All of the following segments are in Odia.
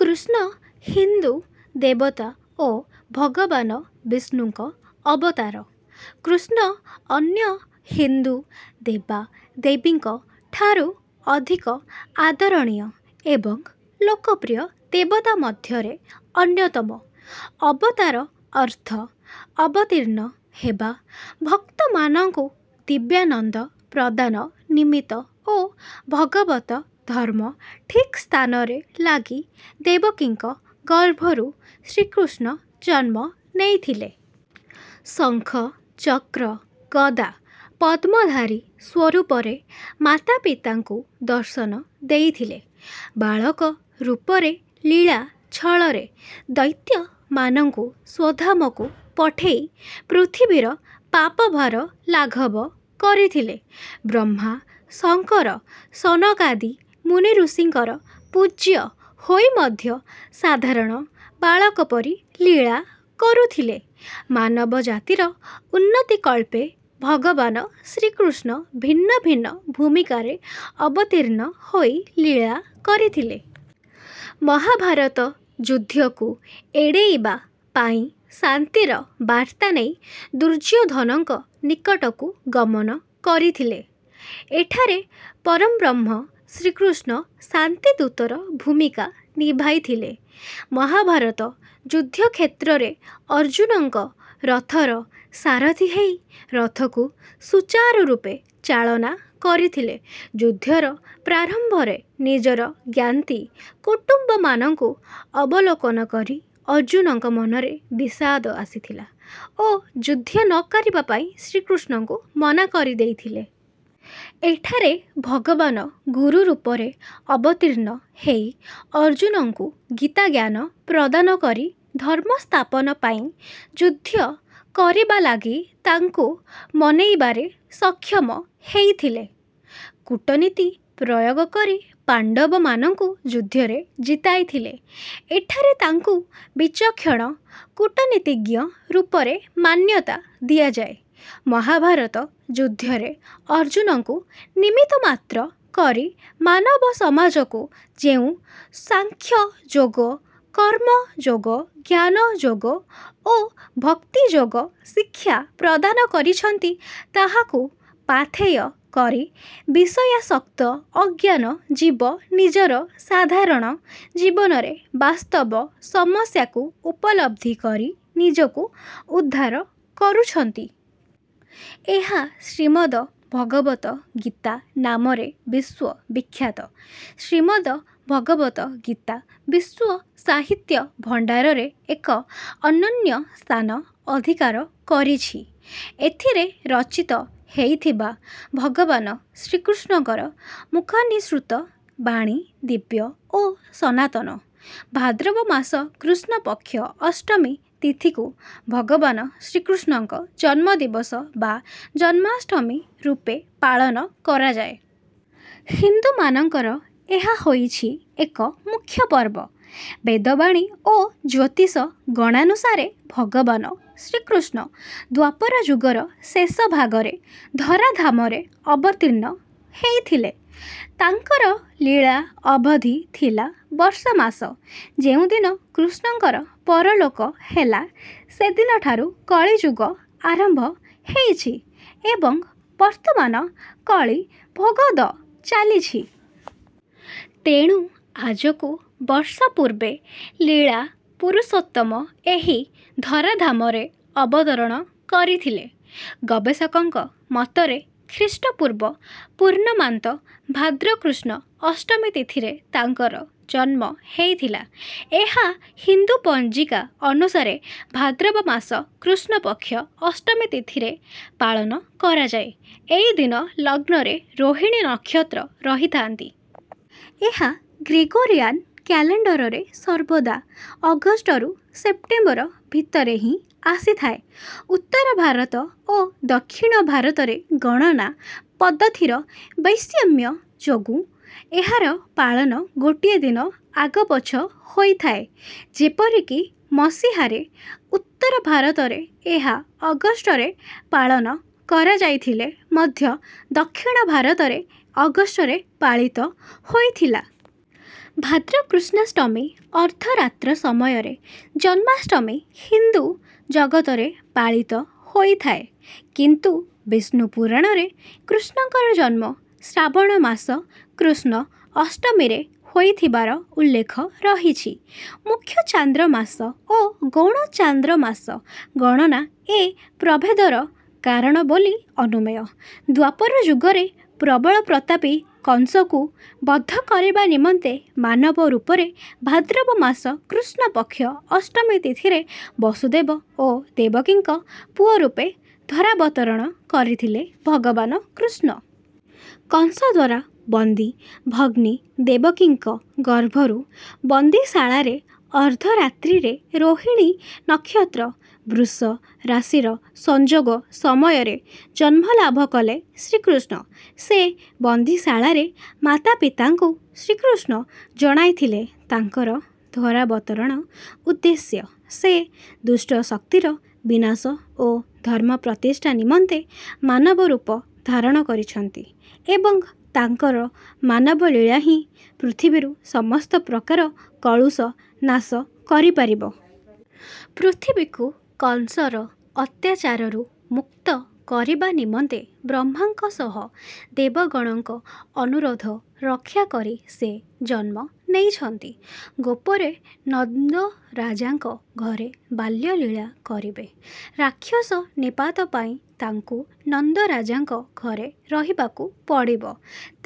କୃଷ୍ଣ ହିନ୍ଦୁ ଦେବତା ଓ ଭଗବାନ ବିଷ୍ଣୁଙ୍କ ଅବତାର। କୃଷ୍ଣ ଅନ୍ୟ ହିନ୍ଦୁ ଦେବାଦେବୀଙ୍କଠାରୁ ଅଧିକ ଆଦରଣୀୟ ଏବଂ ଲୋକପ୍ରିୟ ଦେବତା ମଧ୍ୟରେ ଅନ୍ୟତମ। ଅବତାର ଅର୍ଥ ଅବତୀର୍ଣ୍ଣ ହେବା, ଭକ୍ତମାନଙ୍କୁ ଦିବ୍ୟାନନ୍ଦ ପ୍ରଦାନ ନିମିତ୍ତ ଓ ଭଗବତ ଧର୍ମ ଠିକ ସ୍ଥାନରେ ଲାଗି ଦେବକୀଙ୍କ ଗର୍ଭରୁ ଶ୍ରୀକୃଷ୍ଣ ଜନ୍ମ ନେଇଥିଲେ। ଶଙ୍ଖ, ଚକ୍ର, ଗଦା, ପଦ୍ମଧାରୀ ସ୍ୱରୂପରେ ମାତାପିତାଙ୍କୁ ଦର୍ଶନ ଦେଇଥିଲେ। ବାଳକ ରୂପରେ ଲୀଳା ଛଳରେ ଦୈତ୍ୟମାନଙ୍କୁ ସ୍ୱଧାମକୁ ପଠେଇ ପୃଥିବୀର ପାପ ଭାର ଲାଘବ କରିଥିଲେ। ବ୍ରହ୍ମା, ଶଙ୍କର ସନକାଦି ମୂନିଋଷିଙ୍କର ପୂଜ୍ୟ ହୋଇମଧ୍ୟ ସାଧାରଣ ବାଳକ ପରି ଲୀଳା କରୁଥିଲେ। ମାନବ ଜାତିର ଉନ୍ନତିକଳ୍ପେ ଭଗବାନ ଶ୍ରୀକୃଷ୍ଣ ଭିନ୍ନ ଭିନ୍ନ ଭୂମିକାରେ ଅବତୀର୍ଣ୍ଣ ହୋଇ ଲୀଳା କରିଥିଲେ। ମହାଭାରତ ଯୁଦ୍ଧକୁ ଏଡେଇବା ପାଇଁ ଶାନ୍ତିର ବାର୍ତ୍ତାନେଇ ଦୁର୍ଯ୍ୟୋଧନଙ୍କ ନିକଟକୁ ଗମନ କରିଥିଲେ। ଏଠାରେ ପଂରବ୍ରହ୍ମ ଶ୍ରୀକୃଷ୍ଣ ଶାନ୍ତିଦୂତର ଭୂମିକା ନିଭାଇ ଥିଲେ। ମହାଭାରତ ଯୁଦ୍ଧକ୍ଷେତ୍ରରେ ଅର୍ଜୁନଙ୍କ ରଥର ସାରଥୀହେଇ ରଥକୁ ସୁଚାରୁ ରୂପେ ଚାଳନା କରିଥିଲେ। ଯୁଦ୍ଧର ପ୍ରାରମ୍ଭରେ ନିଜର ଜ୍ଞାତି କୁଟୁମ୍ବମାନଙ୍କୁ ଅବଲୋକନ କରି ଅର୍ଜୁନଙ୍କ ମନରେ ବିଷାଦ ଆସିଥିଲା ଓ ଯୁଦ୍ଧ ନକରିବା ପାଇଁ ଶ୍ରୀକୃଷ୍ଣଙ୍କୁ ମନାକରିଦେଇଥିଲେ। ଏଠାରେ ଭଗବାନ ଗୁରୁ ରୂପରେ ଅବତୀର୍ଣ୍ଣ ହେଇ ଅର୍ଜୁନଙ୍କୁ ଗୀତାଜ୍ଞାନ ପ୍ରଦାନ କରି ଧର୍ମସ୍ଥାପନ ପାଇଁ ଯୁଦ୍ଧ କରିବାଲାଗି ତାଙ୍କୁ ମନେଇବାରେ ସକ୍ଷମ ହେଇଥିଲେ। କୂଟନୀତି ପ୍ରୟୋଗ କରି ପାଣ୍ଡବମାନଙ୍କୁ ଯୁଦ୍ଧରେ ଜିତାଇଥିଲେ। ଏଠାରେ ତାଙ୍କୁ ବିଚକ୍ଷଣ କୂଟନୀତିଜ୍ଞ ରୂପରେ ମାନ୍ୟତା ଦିଆଯାଏ। ମହାଭାରତ ଯୁଦ୍ଧରେ ଅର୍ଜୁନଙ୍କୁ ନିମିତ୍ତମାତ୍ର କରି ମାନବ ସମାଜକୁ ଯେଉଁ ସାଂଖ୍ୟଯୋଗ, କର୍ମଯୋଗ, ଜ୍ଞାନଯୋଗ ଓ ଭକ୍ତିଯୋଗ ଶିକ୍ଷାପ୍ରଦାନ କରିଛନ୍ତି, ତାହାକୁ ପାଥେୟ କରି ବିଷୟାସକ୍ତ ଅଜ୍ଞାନ ଜୀବ ନିଜର ସାଧାରଣ ଜୀବନରେ ବାସ୍ତବ ସମସ୍ୟାକୁ ଉପଲବ୍ଧି କରି ନିଜକୁ ଉଦ୍ଧାର କରୁଛନ୍ତି। ଏହା ଶ୍ରୀମଦ ଭଗବତ ଗୀତା ନାମରେ ବିଶ୍ୱ ବିଖ୍ୟାତ। ଶ୍ରୀମଦ ଭଗବତ ଗୀତା ବିଶ୍ୱ ସାହିତ୍ୟ ଭଣ୍ଡାରରେ ଏକ ଅନନ୍ୟ ସ୍ଥାନ ଅଧିକାର କରିଛି। ଏଥିରେ ରଚିତ ହେଇଥିବା ଭଗବାନ ଶ୍ରୀକୃଷ୍ଣଙ୍କର ମୁଖନିଃସୃତ ବାଣୀ ଦିବ୍ୟ ଓ ସନାତନ। ଭାଦ୍ରବମାସ କୃଷ୍ଣପକ୍ଷ ଅଷ୍ଟମୀ ତିଥିକୁ ଭଗବାନ ଶ୍ରୀକୃଷ୍ଣଙ୍କ ଜନ୍ମଦିବସ ବା ଜନ୍ମାଷ୍ଟମୀ ରୂପେ ପାଳନ କରାଯାଏ। ହିନ୍ଦୁମାନଙ୍କର ଏହା ହୋଇଛି ଏକ ମୂଖ୍ୟ ପର୍ବ। ବେଦବାଣୀ ଓ ଜ୍ୟୋତିଷ ଗଣନାନୁସାରେ ଭଗବାନ ଶ୍ରୀକୃଷ୍ଣ ଦ୍ୱାପର ଯୁଗର ଶେଷ ଭାଗରେ ଧରାଧାମରେ ଅବତୀର୍ଣ୍ଣ ହେଇଥିଲେ। ତାଙ୍କର ଲୀଳା ଅବଧୀ ଥିଲା ବର୍ଷ ମାସ। ଯେଉଁ ଦିନ କୃଷ୍ଣଙ୍କର ପରଲୋକ ହେଲା ସେଦିନଠାରୁ କଳି ଯୁଗ ଆରମ୍ଭ ହେଇଛି ଏବଂ ବର୍ତ୍ତମାନ କଳିଭୋଗବ୍ଦ ଚାଲିଛି। ତେଣୁ ଆଜକୁ ବର୍ଷ ପୂର୍ବେ ଲୀଳା ପୁରୁଷୋତ୍ତମ ଏହି ଧରାଧାମରେ ଅବତରଣ କରିଥିଲେ। ଗବେଷକଙ୍କ ମତରେ ଖ୍ରୀଷ୍ଟପୂର୍ବ ପୂର୍ଣ୍ଣମାନ୍ତ ଭାଦ୍ର କୃଷ୍ଣ ଅଷ୍ଟମୀ ତିଥିରେ ତାଙ୍କର ଜନ୍ମ ହେଇଥିଲା। ଏହା ହିନ୍ଦୁ ପଞ୍ଜିକା ଅନୁସାରେ ଭାଦ୍ରବମାସ କୃଷ୍ଣପକ୍ଷ ଅଷ୍ଟମୀ ତିଥିରେ ପାଳନ କରାଯାଏ। ଏଇଦିନ ଲଗ୍ନରେ ରୋହିଣୀ ନକ୍ଷତ୍ର ରହିଥାନ୍ତି। ଏହା ଗ୍ରେଗୋରିଆନ କ୍ୟାଲେଣ୍ଡରରେ ସର୍ବଦା ଅଗଷ୍ଟ ରୁ ସେପ୍ଟେମ୍ବର ଭିତରେ ହିଁ ଆସିଥାଏ। ଉତ୍ତର ଭାରତ ଓ ଦକ୍ଷିଣ ଭାରତରେ ଗଣନା ପଦ୍ଧତିର ବୈସମ୍ୟ ଯୋଗୁଁ ଏହାର ପାଳନ ଗୋଟିଏ ଦିନ ଆଗପଛ ହୋଇଥାଏ। ଯେପରିକି ମସିହାରେ ଉତ୍ତର ଭାରତରେ ଏହା ଅଗଷ୍ଟରେ ପାଳନ କରାଯାଇଥିଲେ ମଧ୍ୟ ଦକ୍ଷିଣ ଭାରତରେ ଅଗଷ୍ଟରେ ପାଳିତ ହୋଇଥିଲା। ଭାଦ୍ର କୃଷ୍ଣାଷ୍ଟମୀ ଅର୍ଧରାତ୍ର ସମୟରେ ଜନ୍ମାଷ୍ଟମୀ ହିନ୍ଦୁ ଜଗତରେ ପାଳିତ ହୋଇଥାଏ। କିନ୍ତୁ ବିଷ୍ଣୁପୁରାଣରେ କୃଷ୍ଣଙ୍କର ଜନ୍ମ ଶ୍ରାବଣମାସ କୃଷ୍ଣ ଅଷ୍ଟମୀରେ ହୋଇଥିବାର ଉଲ୍ଲେଖ ରହିଛି। ମୁଖ୍ୟଚାନ୍ଦ୍ରମାସ ଓ ଗୌଣ ଚାନ୍ଦ୍ରମାସ ଗଣନା ଏ ପ୍ରଭେଦର କାରଣ ବୋଲି ଅନୁମେୟ। ଦ୍ୱାପର ଯୁଗରେ ପ୍ରବଳ ପ୍ରତାପୀ କଂସକୁ ବଧ କରିବା ନିମନ୍ତେ ମାନବ ରୂପରେ ଭାଦ୍ରବ ମାସ କୃଷ୍ଣପକ୍ଷ ଅଷ୍ଟମୀ ତିଥିରେ ବସୁଦେବ ଓ ଦେବକୀଙ୍କ ପୁଅରୂପେ ଧରାବତରଣ କରିଥିଲେ ଭଗବାନ କୃଷ୍ଣ। କଂସଦ୍ୱାରା ବନ୍ଦୀ ଭଗ୍ନୀ ଦେବକୀଙ୍କ ଗର୍ଭରୁ ବନ୍ଦୀଶାଳାରେ ଅର୍ଧ ରାତ୍ରୀରେ ରୋହିଣୀ ନକ୍ଷତ୍ର- ବୃଷରାଶିର ସଂଯୋଗ ସମୟରେ ଜନ୍ମ ଲାଭ କଲେ ଶ୍ରୀକୃଷ୍ଣ। ସେ ବନ୍ଦିଶାଳାରେ ମାତା-ପିତାଙ୍କୁ ଶ୍ରୀକୃଷ୍ଣ ଜଣାଇଥିଲେ ତାଙ୍କର ଧରାବତରଣ ଉଦ୍ଦେଶ୍ଯ। ସେ ଦୁଷ୍ଟ ଶକ୍ତିର ବିନାଶ ଓ ଧର୍ମ ପ୍ରତିଷ୍ଠା ନିମନ୍ତେ ମାନବ ରୂପ ଧାରଣ କରିଛନ୍ତି ଏବଂ ତାଙ୍କର ମାନବ ଲୀଳା ହିଁ ପୃଥିବୀରୁ ସମସ୍ତ ପ୍ରକାର କଳୁଷ ନାଶ କରିପାରିବ। ପୃଥିବୀକୁ କଂସର ଅତ୍ୟାଚାରରୁ ମୁକ୍ତ କରିବା ନିମନ୍ତେ ବ୍ରହ୍ମାଙ୍କ ସହ ଦେବଗଣଙ୍କ ଅନୁରୋଧ ରକ୍ଷାକରି ସେ ଜନ୍ମ ନେଇଛନ୍ତି। ଗୋପରେ ନନ୍ଦରାଜାଙ୍କ ଘରେ ବାଲ୍ୟ ଲୀଳା କରିବେ। ରାକ୍ଷସ ନିପାତ ପାଇଁ ତାଙ୍କୁ ନନ୍ଦରାଜାଙ୍କ ଘରେ ରହିବାକୁ ପଡ଼ିବ,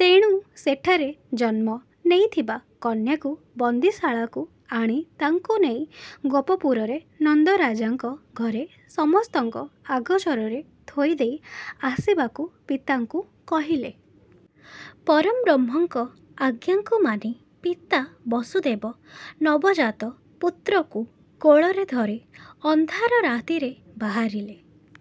ତେଣୁ ସେଠାରେ ଜନ୍ମ ନେଇଥିବା କନ୍ୟାକୁ ବନ୍ଦୀଶାଳାକୁ ଆଣି ତାଙ୍କୁ ନେଇ ଗୋପପୁରରେ ନନ୍ଦରାଜାଙ୍କ ଘରେ ସମସ୍ତଙ୍କ ଅଗୋଚରରେ ଥୋଇଦେଇ ଆସିବାକୁ ପିତାଙ୍କୁ କହିଲେ। ପରଂବ୍ରହ୍ମଙ୍କ ଆଜ୍ଞାକୁ ମାନି ପିତା ବସୁଦେବ ନବଜାତ ପୁତ୍ରକୁ କୋଳରେ ଧରି ଅନ୍ଧାର ରାତିରେ ବାହାରିଲେ।